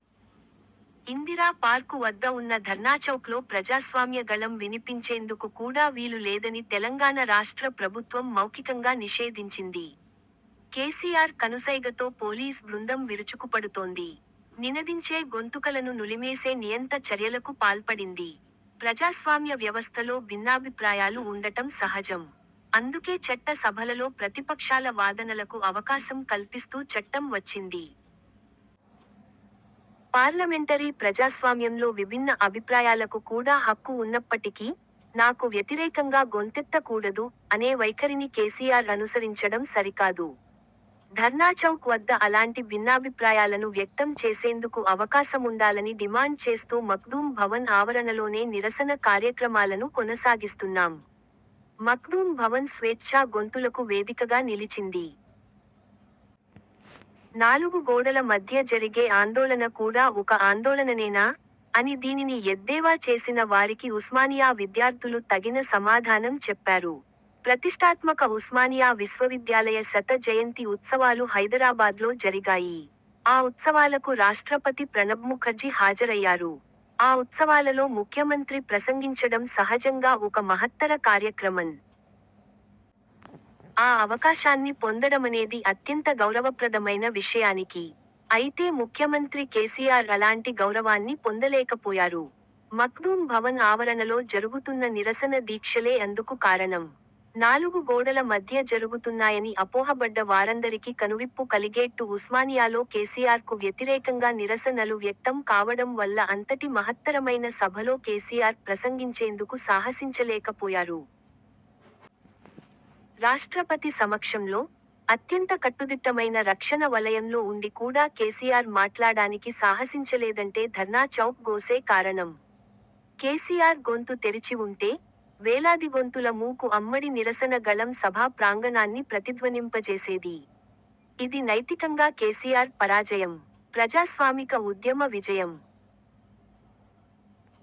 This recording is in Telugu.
ఇందిరా పార్కు వద్ద ఉన్న ధర్నాచౌక్లో ప్రజాస్వామ్య గళం వినిపించేందుకు కూడా వీలు లేదని తెలంగాణ రాష్ట్ర ప్రభుత్వం మౌఖికంగా నిషేధించింది. కేసీఆర్ కనుసైగతో పోలీస్ బృందం విరుచుకుపడుతోంది. నినదించే గొంతుకలను నులిమేసే నియంత చర్యలకు పాల్పడింది. ప్రజాస్వామ్య వ్యవస్థలో భిన్నాభిప్రాయాలు ఉండటం సహజం. అందుకే చట్ట సభలలో ప్రతిపక్షాల వాదనలకు అవకాశం కల్పిస్తూ చట్టం వచ్చింది. పార్లమెంటరీ ప్రజాస్వామ్యంలో విభిన్న అభిప్రాయాలకు కూడా హక్కు ఉన్నప్పటికీ 'నాకు వ్యతిరేకంగా గొంతెత్త కూడదు' అనే వైఖరిని కేసీఆర్ అనుసరించడం సరికాదు. ధర్నాచౌక్ వద్ద అలాంటి భిన్నాభిప్రాయాలను వ్యక్తం చేసేందుకు అవకాశముండాలని డిమాండ్ చేస్తూ మఖ్దూం భవన్ ఆవరణలోనే నిరసన కార్యక్రమాలను కొనసాగిస్తున్నాం. మఖ్దూం భవన్ స్వేచ్ఛా గొంతులకు వేదికగా నిలిచింది. నాలుగు గోడల మధ్య జరిగే ఆందోళన కూడా ఒక ఆందోళననేనా? అని దీనిని ఎద్దేవా చేసిన వారికి ఉస్మానియా విద్యార్థులు తగిన సమాధానం చెప్పారు. ప్రతిష్టాత్మక ఉస్మానియా విశ్వవిద్యాలయ శత జయంతి ఉత్సవాలు హైదరాబాద్లో జరిగాయి. ఆ ఉత్సవాలకు రాష్ట్రపతి ప్రణబ్ముఖర్జి హాజరయ్యారు. ఆ ఉత్సవాలలో ముఖ్యమంత్రి ప్రసంగించడం సహజంగా ఒక మహత్తర కార్యక్రమం. ఆ అవకాశాన్ని పొందడమనేది అత్యంత గౌరవప్రదమైన విషయం. అయితే ముఖ్యమంత్రి కేసీఆర్ అలాంటి గౌరవాన్ని పొందలేకపోయారు. మఖ్దూం భవన్ ఆవరణలో జరుగుతున్న నిరసన దీక్షలే అందుకు కారణం. నాలుగు గోడల మధ్య జరుగుతున్నాయని అపోహబడ్డ వారందరికి కనువిప్పు కలిగేట్టు ఉస్మానియాలో కేసీఆర్కు వ్యతిరేకంగా నిరస నలు వ్యక్తం కావడం వల్ల అంతటి మహత్తరమైన సభలో కేసీఆర్ ప్రసంగించేందుకు సాహసించలేకపోయారు. రాష్ట్రపతి సమక్షంలో, అత్యంత కట్టుదిట్టమైన రక్షణ వలయంలో ఉండి కూడా కేసీఆర్ మాట్లాడానికి సాహసించలేదంటే ధర్నా చౌక్ గోసే కారణం. కేసీఆర్ గొంతు తెరిచివుంటే, వేలాదిగొంతుల మూకు మ్మడి నిరసన గళం సభా ప్రాంగణాన్ని ప్రతిధ్వనింపజేసేది. ఇది నైతికంగా కేసీఆర్ పరాజయం. ప్రజాస్వామిక ఉద్యమ విజయం.